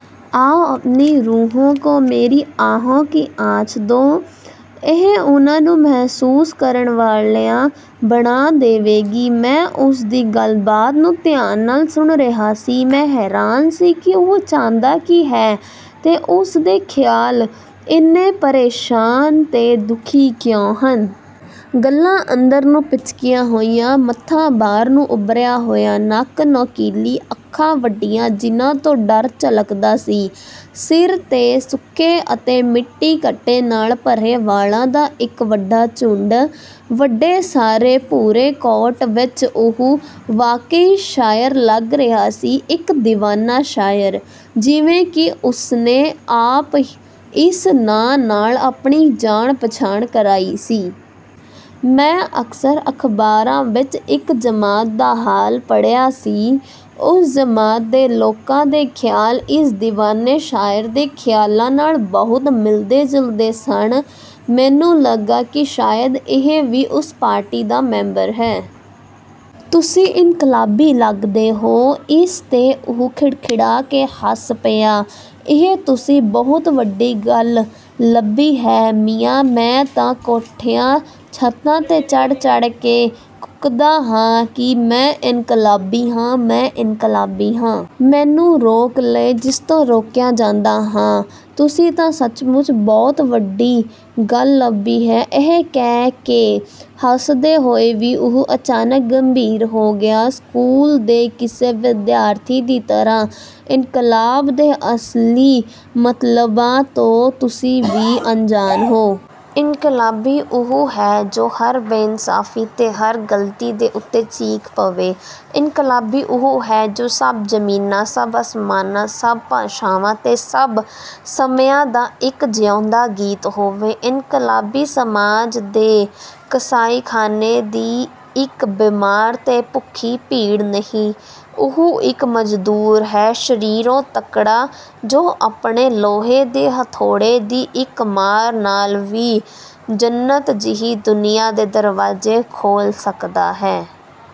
ਆਓ ਅਪਨੀ ਰੂਹੋਂ ਕੋ ਮੇਰੀ ਆਹੋਂ ਕੀ ਆਂਚ ਦੋ। ਇਹ ਉਨ੍ਹਾਂ ਨੂੰ ਮਹਿਸੂਸ ਕਰਨ ਵਾਲੀਆਂ ਬਣਾ ਦੇਵੇਗੀ। ਮੈਂ ਉਸ ਦੀ ਗੱਲਬਾਤ ਨੂੰ ਧਿਆਨ ਨਾਲ ਸੁਣ ਰਿਹਾ ਸੀ। ਮੈਂ ਹੈਰਾਨ ਸੀ ਕਿ ਉਹ ਚਾਹੁੰਦਾ ਕੀ ਹੈ ਤੇ ਉਸ ਦੇ ਖ਼ਿਆਲ ਇੰਨੇ ਪਰੇਸ਼ਾਨ ਤੇ ਦੁਖੀ ਕਿਉਂ ਹਨ। ਗੱਲ੍ਹਾਂ ਅੰਦਰ ਨੂੰ ਪਿਚਕੀਆਂ ਹੋਈਆਂ, ਮੱਥਾ ਬਾਹਰ ਨੂੰ ਉੱਭਰਿਆ ਹੋਇਆ। ਨੱਕ ਨੋਕੀਲਾ। ਅੱਖਾਂ ਵੱਡੀਆਂ ਜਿਨ੍ਹਾਂ ਤੋਂ ਡਰ ਝਲਕਦਾ ਸੀ। ਸਿਰ ’ਤੇ ਸੁੱਕੇ ਅਤੇ ਮਿੱਟੀ-ਘੱਟੇ ਨਾਲ ਭਰੇ ਵਾਲਾਂ ਦਾ ਇੱਕ ਵੱਡਾ ਝੁੰਡ। ਵੱਡੇ ਸਾਰੇ ਭੂਰੇ ਕੋਟ ਵਿਚ ਉਹ ਵਾਕਈ ਸ਼ਾਇਰ ਲੱਗ ਰਿਹਾ ਸੀ, ਇੱਕ ਦੀਵਾਨਾ ਸ਼ਾਇਰ, ਜਿਵੇਂ ਕਿ ਉਸਨੇ ਆਪ ਇਸ ਨਾਂ ਨਾਲ ਆਪਣੀ ਜਾਣ-ਪਛਾਣ ਕਰਾਈ ਸੀ। ਮੈਂ ਅਕਸਰ ਅਖ਼ਬਾਰਾਂ ਵਿਚ ਇੱਕ ਜਮਾਤ ਦਾ ਹਾਲ ਪੜ੍ਹਿਆ ਸੀ। ਉਸ ਜਮਾਤ ਦੇ ਲੋਕਾਂ ਦੇ ਖ਼ਿਆਲ ਇਸ ਦੀਵਾਨੇ ਸ਼ਾਇਰ ਦੇ ਖ਼ਿਆਲਾਂ ਨਾਲ ਬਹੁਤ ਮਿਲਦੇ-ਜੁਲਦੇ ਸਨ। ਮੈਨੂੰ ਲੱਗਾ ਕਿ ਸ਼ਾਇਦ ਇਹ ਵੀ ਉਸੇ ਪਾਰਟੀ ਦਾ ਮੈਂਬਰ ਹੈ। ਤੁਸੀਂ ਇਨਕਲਾਬੀ ਲੱਗਦੇ ਹੋ। ਇਸ ’ਤੇ ਉਹ ਖਿੜਖਿੜਾ ਕੇ ਹੱਸ ਪਿਆ। ਇਹ ਤੁਸੀਂ ਬਹੁਤ ਵੱਡੀ ਗੱਲ ਲੱਭੀ ਹੈ। ਮੀਆਂ, ਮੈਂ ਤਾਂ ਕੋਠਿਆਂ-ਛੱਤਾਂ ’ਤੇ ਚੜ੍ਹ-ਚੜ੍ਹ ਕੇ ਕੂਕਦਾ ਹਾਂ ਕਿ ਮੈਂ ਇਨਕਲਾਬੀ ਹਾਂ, ਮੈਂ ਇਨਕਲਾਬੀ ਹਾਂ। ਮੈਨੂੰ ਰੋਕ ਲਏ ਜਿਸ ਤੋਂ ਰੋਕਿਆ ਜਾਂਦਾ ਹਾਂ। ਤੁਸੀਂ ਤਾਂ ਸੱਚਮੁੱਚ ਬਹੁਤ ਵੱਡੀ ਗੱਲ ਲੱਭੀ ਹੈ। ਇਹ ਕਹਿ ਕੇ ਹੱਸਦੇ ਹੋਏ ਵੀ ਉਹ ਅਚਾਨਕ ਗੰਭੀਰ ਹੋ ਗਿਆ। ਸਕੂਲ ਦੇ ਕਿਸੇ ਵਿਦਿਆਰਥੀ ਦੀ ਤਰ੍ਹਾਂ ਇਨਕਲਾਬ ਦੇ ਅਸਲੀ ਮਤਲਬਾਂ ਤੋਂ ਤੁਸੀਂ ਵੀ ਅਣਜਾਣ ਹੋ। ਇਨਕਲਾਬੀ ਉਹ ਹੈ ਜੋ ਹਰ ਬੇਇਨਸਾਫ਼ੀ ਤੇ ਹਰ ਗਲਤੀ ਦੇ ਉੱਤੇ ਚੀਖ਼ ਪਵੇ। ਇਨਕਲਾਬੀ ਉਹ ਹੈ ਜੋ ਸਭ ਜ਼ਮੀਨਾਂ, ਸਭ ਅਸਮਾਨਾਂ, ਸਭ ਭਾਸ਼ਾਵਾਂ ਤੇ ਸਭ ਸਮਿਆਂ ਦਾ ਇੱਕ ਜਿਉਂਦਾ ਗੀਤ ਹੋਵੇ। ਇਨਕਲਾਬੀ ਸਮਾਜ ਦੇ ਕਸਾਈਖਾਨੇ ਦੀ ਇੱਕ ਬਿਮਾਰ ਤੇ ਭੁੱਖੀ ਭੀੜ ਨਹੀਂ, ਉਹ ਇੱਕ ਮਜ਼ਦੂਰ ਹੈ, ਸਰੀਰੋਂ ਤਕੜਾ, ਜੋ ਆਪਣੇ ਲੋਹੇ ਦੇ ਹਥੌੜੇ ਦੀ ਇੱਕ ਮਾਰ ਨਾਲ ਹੀ ਜੰਨਤ ਜਿਹੀ ਦੁਨੀਆ ਦੇ ਦਰਵਾਜ਼ੇ ਖੋਲ੍ਹ ਸਕਦਾ ਹੈ।